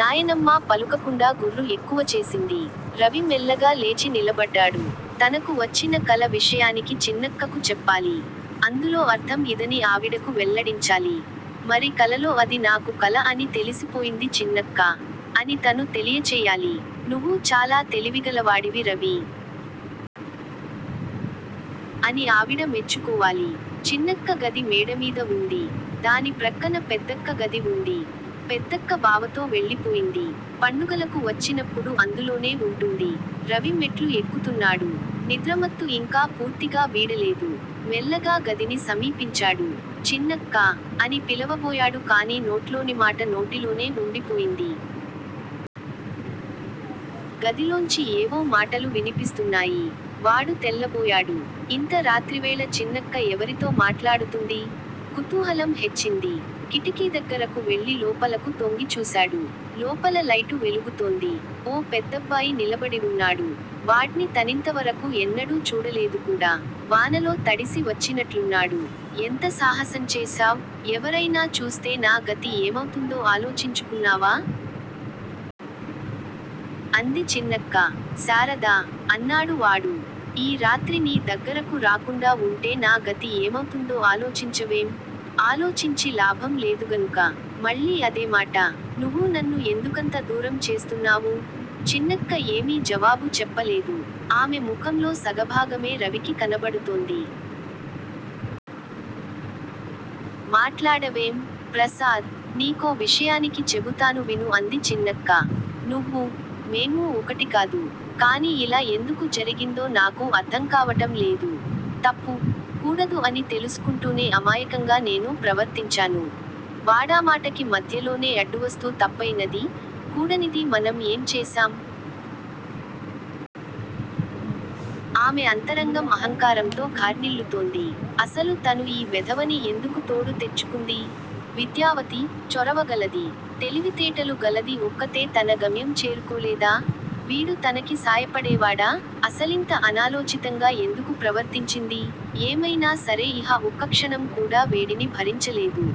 నాయనమ్మా పలుకకుండా గుర్రు ఎక్కువచేసింది. రవి మెల్లగా లేచి నిలబడ్డాడు. తనకు వచ్చిన కల విషయానికి చిన్నక్కకు చెప్పాలి. అందులో అర్థం ఇదని ఆవిడకు వెల్లడించాలి. మరి కలలో అది నాకు కల అని తెలిసిపోయింది చిన్నక్కా! అని తను తెలియచెయ్యాలి. నువ్వు చాలా తెలివిగలవాడివి రవీ! అని ఆవిడ మెచ్చుకోవాలి. చిన్నక్క గది మేడమీద వుంది. దాని ప్రక్కన పెద్దక్క గది వుంది. పెద్దక్క బావతో వెళ్ళిపోయింది. పండుగలకు వచ్చినప్పుడు అందులోనే వుంటుంది. రవి మెట్లు ఎక్కుతున్నాడు. నిద్రమత్తు ఇంకా పూర్తిగా వీడలేదు. మెల్లగా గదిని సమీపించాడు. చిన్నక్కా! అని పిలవబోయాడు కానీ నోట్లోనిమాట నోటిలోనే వుండిపోయింది. గదిలోంచి ఏవో మాటలు వినిపిస్తున్నాయి. వాడు తెల్లబోయాడు. ఇంత రాత్రివేళ చిన్నక్క ఎవరితో మాట్లాడుతుంది? కుతూహలం హెచ్చింది. కిటికీదగ్గరకు వెళ్ళి లోపలకు తొంగిచూశాడు. లోపల లైటు వెలుగుతోంది. ఓ పెద్దబ్బాయి నిలబడివున్నాడు. వాడ్ని తనింతవరకూ ఎన్నడూ చూడలేదుకూడా. వానలో తడిసి వచ్చినట్లున్నాడు. ఎంత సాహసంచేశావ్? ఎవరైనా చూస్తే నా గతి ఏమౌతుందో ఆలోచించుకున్నావా? అంది చిన్నక్క. శారదా! అన్నాడు వాడు. ఈ రాత్రి నీ దగ్గరకు రాకుండా వుంటే నా గతి ఏమౌతుందో ఆలోచించవేం? ఆలోచించి లాభం లేదుగనుక! మళ్ళీ అదేమాట! నువ్వు నన్ను ఎందుకంత దూరం చేస్తున్నావు? చిన్నక్క ఏమీ జవాబు చెప్పలేదు. ఆమె ముఖంలో సగభాగమే రవికి కనబడుతోంది. మాట్లాడవేం? ప్రసాద్! నీకో విషయానికి చెబుతాను విను అంది చిన్నక్క. నువ్వూ, మేమూ ఒకటికాదు. కానీ ఇలా ఎందుకు జరిగిందో నాకూ అర్ధంకావటం లేదు. తప్పు, కూడదు అని తెలుసుకుంటూనే అమాయకంగా నేనూ ప్రవర్తించాను. వాడామాటకి మధ్యలోనే అడ్డువస్తూ తప్పయినదీ, కూడనిదీ మనం ఏం చేశాం? ఆమె అంతరంగం అహంకారంతో ఘార్ణిల్లుతోంది. అసలు తను ఈ వెధవని ఎందుకు తోడు తెచ్చుకుంది? విద్యావతి, చొరవగలది. తెలివితేటలు గలది ఒక్కతే తన గమ్యం చేరుకోలేదా? వీడు తనకి సాయపడేవాడా? అసలింత అనాలోచితంగా ఎందుకు ప్రవర్తించింది? ఏమయినా సరే ఇహ ఒక్కక్షణం కూడా వేడిని భరించలేదు.